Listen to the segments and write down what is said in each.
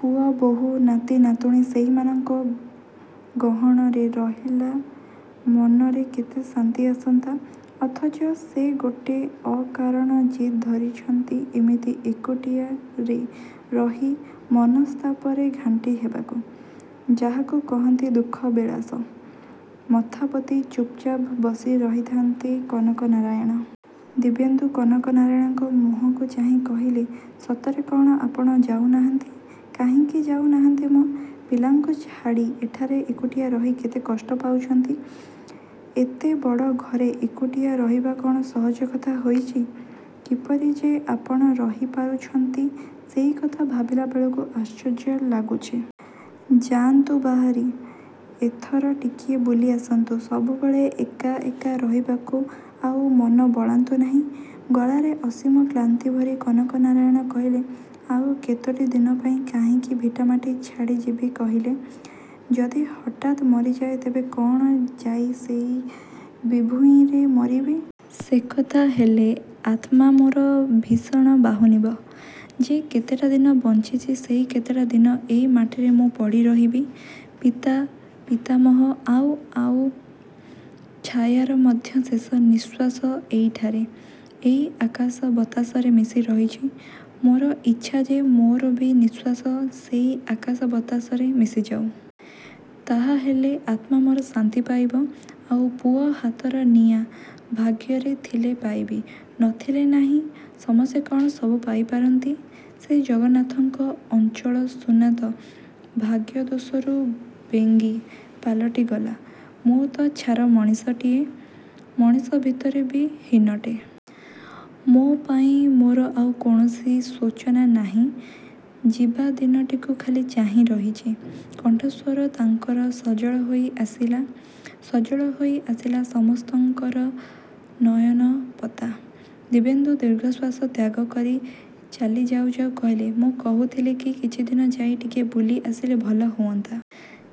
ପୁଅ, ବୋହୂ, ନାତି, ନାତୁଣୀ ସେଇମାନଙ୍କ ଗହଣରେ ରହିଲେ ମନରେ କେତେ ଶାନ୍ତି ଆସନ୍ତା। ଅଥଚ ସେ ଗୋଟେ ଅକାରଣ ଜିଦ୍ ଧରିଛନ୍ତି ଇମିତି ଏକୁଟିଆରେ ରହି ମନସ୍ତାପରେ ଘାଣ୍ଟି ହେବାକୁ। ଯାହାକୁ କହନ୍ତି ଦୁଃଖ ବିଳାସ। ମଥା ପୋତି ଚୁପ୍‌ଚାପ୍ ବସି ରହିଥାଆନ୍ତି କନକ ନାରାୟଣ। ଦିବ୍ୟେନ୍ଦୁ କନକ ନାରାୟଣଙ୍କ ମୁହଁକୁ ଚାହିଁ କହିଲେ ସତରେ କ'ଣ ଆପଣ ଯାଉ ନାହାନ୍ତି। କାହିଁକି ଯାଉ ନାହାନ୍ତି ମ? ପିଲାଙ୍କୁ ଛାଡ଼ି ଏଠାରେ ଏକୁଟିଆ ରହି କେତେ କଷ୍ଟ ପାଉଛନ୍ତି! ଏତେ ବଡ଼ ଘରେ ଏକୁଟିଆ ରହିବା କ'ଣ ସହଜ କଥା ହୋଇଛି। କିପରି ଯେ ଆପଣ ରହି ପାରୁଛନ୍ତି ସେଇକଥା ଭାବିଲା ବେଳକୁ ଆଶ୍ଚର୍ଯ୍ୟ ଲାଗୁଛି। ଯାଆନ୍ତୁ ବାହାରି ଏଥର, ଟିକିଏ ବୁଲି ଆସନ୍ତୁ। ସବୁବେଳେ ଏକା ଏକା ରହିବାକୁ ଆଉ ମନ ବଳାନ୍ତୁ ନାହିଁ। ଗଳାରେ ଅସୀମ କ୍ଲାନ୍ତି ଭରି କନକ ନାରାୟଣ କହିଲେ ଆଉ କେତୋଟି ଦିନ ପାଇଁ କାହିଁକି ଭିଟାମାଟି ଛାଡ଼ି ଯିବି କହିଲେ। ଯଦି ହଠାତ୍ ମରିଯାଏ ତେବେ କ'ଣ ଯାଇ ସେଇ ବିଭୂଇଁରେ ମରିବି? ସେକଥା ହେଲେ ଆତ୍ମା ମୋର ଭୀଷଣ ବାହୁନିବ। ଯେ କେତେଟା ଦିନ ବଞ୍ଚିଛି ସେଇ କେତେଟା ଦିନ ଏଇ ମାଟିରେ ମୁଁ ପଡ଼ି ରହିବି। ପିତା, ପିତାମହ, ଆଉ, ଆଉ ଛାୟାର ମଧ୍ୟ ଶେଷ ନିଃଶ୍ୱାସ ଏଇଠାରେ, ଏଇ ଆକାଶ ବତାସରେ ମିଶି ରହିଛି। ମୋର ଇଚ୍ଛା ଯେ ମୋର ବି ନିଃଶ୍ୱାସ ସେଇ ଆକାଶ ବତାସରେ ମିଶିଯାଉ। ତାହାହେଲେ, ଆତ୍ମା ମୋର ଶାନ୍ତି ପାଇବ। ଆଉ ପୁଅ ହାତର ନିଆଁ, ଭାଗ୍ୟରେ ଥିଲେ ପାଇବି। ନ ଥିଲେ ନାହିଁ। ସମସ୍ତେ କ'ଣ ସବୁ ପାଇ ପାରନ୍ତି? ସେ ଜଗନ୍ନାଥଙ୍କ ଅଞ୍ଚଳ ସୁନା ତ ଭାଗ୍ୟଦୋଷରୁ ବେଙ୍ଗୀ ପାଲଟିଗଲା। ମୁଁ ତ ଛାର ମଣିଷଟେ। ମଣିଷ ଭିତରେ ବି ହୀନଟେ। ମୋ ପାଇଁ ମୋର ଆଉ କୌଣସି ଶୋଚନା ନାହିଁ। ଯିବାଦିନଟିକୁ ଖାଲି ଚାହିଁ ରହିଛି। କଣ୍ଠସ୍ୱର ତାଙ୍କର ସଜଳ ହୋଇ ଆସିଲା। ସଜଳ ହୋଇ ଆସିଲା ସମସ୍ତଙ୍କର ନୟନପତା। ଦିବ୍ୟେନ୍ଦୁ ଦୀର୍ଘଶ୍ୱାସ ତ୍ୟାଗ କରି ଚାଲି ଯାଉ ଯାଉ କହିଲେ ମୁଁ କହୁଥିଲି କି କିଛିଦିନ ଯାଇ ଟିକିଏ ବୁଲି ଆସିଲେ ଭଲ ହୁଅନ୍ତା।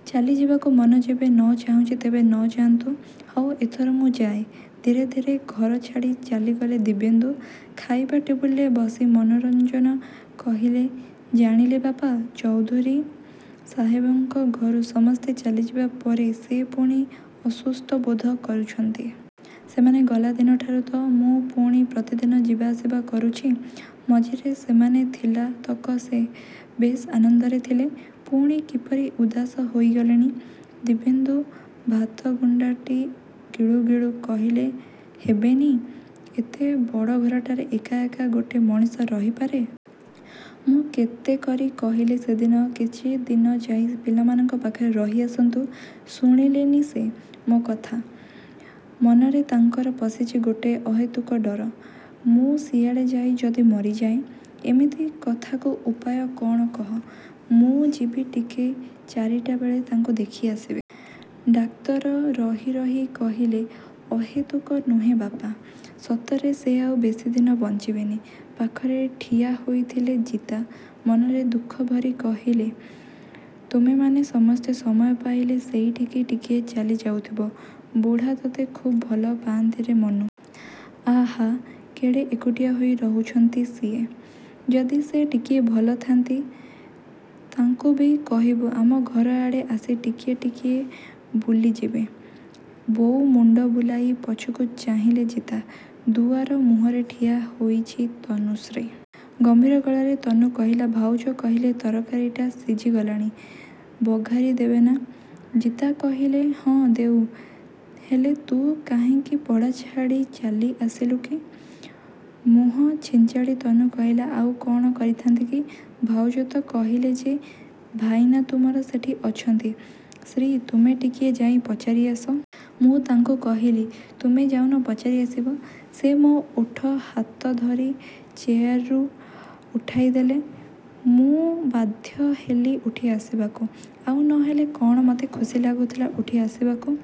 ଚାଲି ଯିବାକୁ ମନ ଯେବେ ନ ଚାହୁଁଛି ତେବେ ନ ଯାଆନ୍ତୁ। ହଉ ଏଥର ମୁଁ ଯାଏ। ଧୀରେ ଧୀରେ ଘର ଛାଡ଼ି ଚାଲିଗଲେ ଦିବ୍ୟେନ୍ଦୁ। ଖାଇବା ଟେବୁଲରେ ବସି ମନୋରଞ୍ଜନ କହିଲେ ଜାଣିଲେ ବାପା, ଚୌଧୁରୀ ସାହେବଙ୍କ ଘରୁ ସମସ୍ତେ ଚାଲିଯିବା ପରେ ସେ ପୁଣି ଅସୁସ୍ଥ ବୋଧ କରୁଛନ୍ତି। ସେମାନେ ଗଲା ଦିନଠାରୁ ତ ମୁଁ ପୁଣି ପ୍ରତିଦିନ ଯିବା ଆସିବା କରୁଛି। ମଝିରେ ସେମାନେ ଥିଲା ତକ ସେ ବେଶ୍ ଆନନ୍ଦରେ ଥିଲେ। ପୁଣି କିପରି ଉଦାସ ହୋଇଗଲେଣି। ଦିବ୍ୟେନ୍ଦୁ ଭାତ ଗୁଣ୍ଡାଟି ଗିଳୁ ଗିଳୁ କହିଲେ ହେବେନି? ଏତେ ବଡ଼ ଘରଟାରେ ଏକା ଏକା ଗୋଟେ ମଣିଷ ରହି ପାରେ? ମୁଁ କେତେ କରି କହିଲି ସେଦିନ କିଛି ଦିନ ଯାଇ ପିଲାମାନଙ୍କ ପାଖରେ ରହି ଆସନ୍ତୁ। ଶୁଣିଲେନି ସେ ମୋ କଥା। ମନରେ ତାଙ୍କର ପଶିଛି ଗୋଟାଏ ଅହେତୁକ ଡର। 'ମୁଁ ସିଆଡ଼େ ଯାଇ ଯଦି ମରିଯାଏ'। ଏମିତି କଥାକୁ ଉପାୟ କ'ଣ କହ। ମୁଁ ଯିବି ଟିକେ ଚାରିଟା ବେଳେ ତାଙ୍କୁ ଦେଖି ଆସିବି। ଡାକ୍ତର ରହି ରହି କହିଲେ ଅହେତୁକ ନୁହେଁ ବାପା, ସତରେ ସେ ଆଉ ବେଶୀ ଦିନ ବଞ୍ଚିବେନି। ପାଖରେ ଠିଆ ହୋଇଥିଲେ ଜିତା, ମନରେ ଦୁଃଖ ଭରି କହିଲେ ତୁମେମାନେ ସମସ୍ତେ ସମୟ ପାଇଲେ ସେଇଠିକି ଟିକିଏ ଚାଲି ଯାଉଥିବ। ବୁଢ଼ା ତତେ ଖୁବ୍ ଭଲ ପାଆନ୍ତିରେ ମନୁ। ଆହା, କେଡ଼େ ଏକୁଟିଆ ହୋଇ ରହୁଛନ୍ତି ସିଏ। ଯଦି ସେ ଟିକିଏ ଭଲ ଥାନ୍ତି ତାଙ୍କୁ ବି କହିବୁ ଆମ ଘର ଆଡ଼େ ଆସି ଟିକିଏ ଟିକିଏ ବୁଲି ଯିବେ। ବୋଉ ମୁଣ୍ଡ ବୁଲାଇ ପଛକୁ ଚାହିଁଲେ ଜିତା। ଦୁଆର ମୁହଁରେ ଠିଆ ହୋଇଛି ତନୁଶ୍ରୀ। ଗମ୍ଭୀର ଗଳାରେ ତନୁ କହିଲା ଭାଉଜ କହିଲେ ତରକାରୀଟା ସିଝିଗଲାଣି, ବଘାରି ଦେବେନା? ଜିତା କହିଲେ ହଁ ଦେଉ। ହେଲେ ତୁ କାହିଁକି ପଢ଼ା ଛାଡ଼ି ଚାଲି ଆସିଲୁ କି? ମୁହଁ ଛିଞ୍ଚାଡ଼ି ତନୁ କହିଲା କ'ଣ ଆଉ କରିଥାନ୍ତି କି? ଭାଉଜ ତ କହିଲେ ଯେ ଭାଇନା ତୁମର ସେଠି ଅଛନ୍ତି, ଶ୍ରୀ ତୁମେ ଟିକେ ଯାଇ ପଚାରି ଆସ। ମୁଁ ତାଙ୍କୁ କହିଲି ତୁମେ ଯାଉନ ପଚାରି ଆସିବ? ସେ ମୋ ଓଠ ହାତ ଧରି ଚେୟାରରୁ ଉଠାଇ ଦେଲେ। ମୁଁ ବାଧ୍ୟ ହେଲି ଉଠି ଆସିବାକୁ। ଆଉ ନ ହେଲେ କ'ଣ ମତେ ଖୁସି ଲାଗୁଥିଲା ଉଠି ଆସିବାକୁ।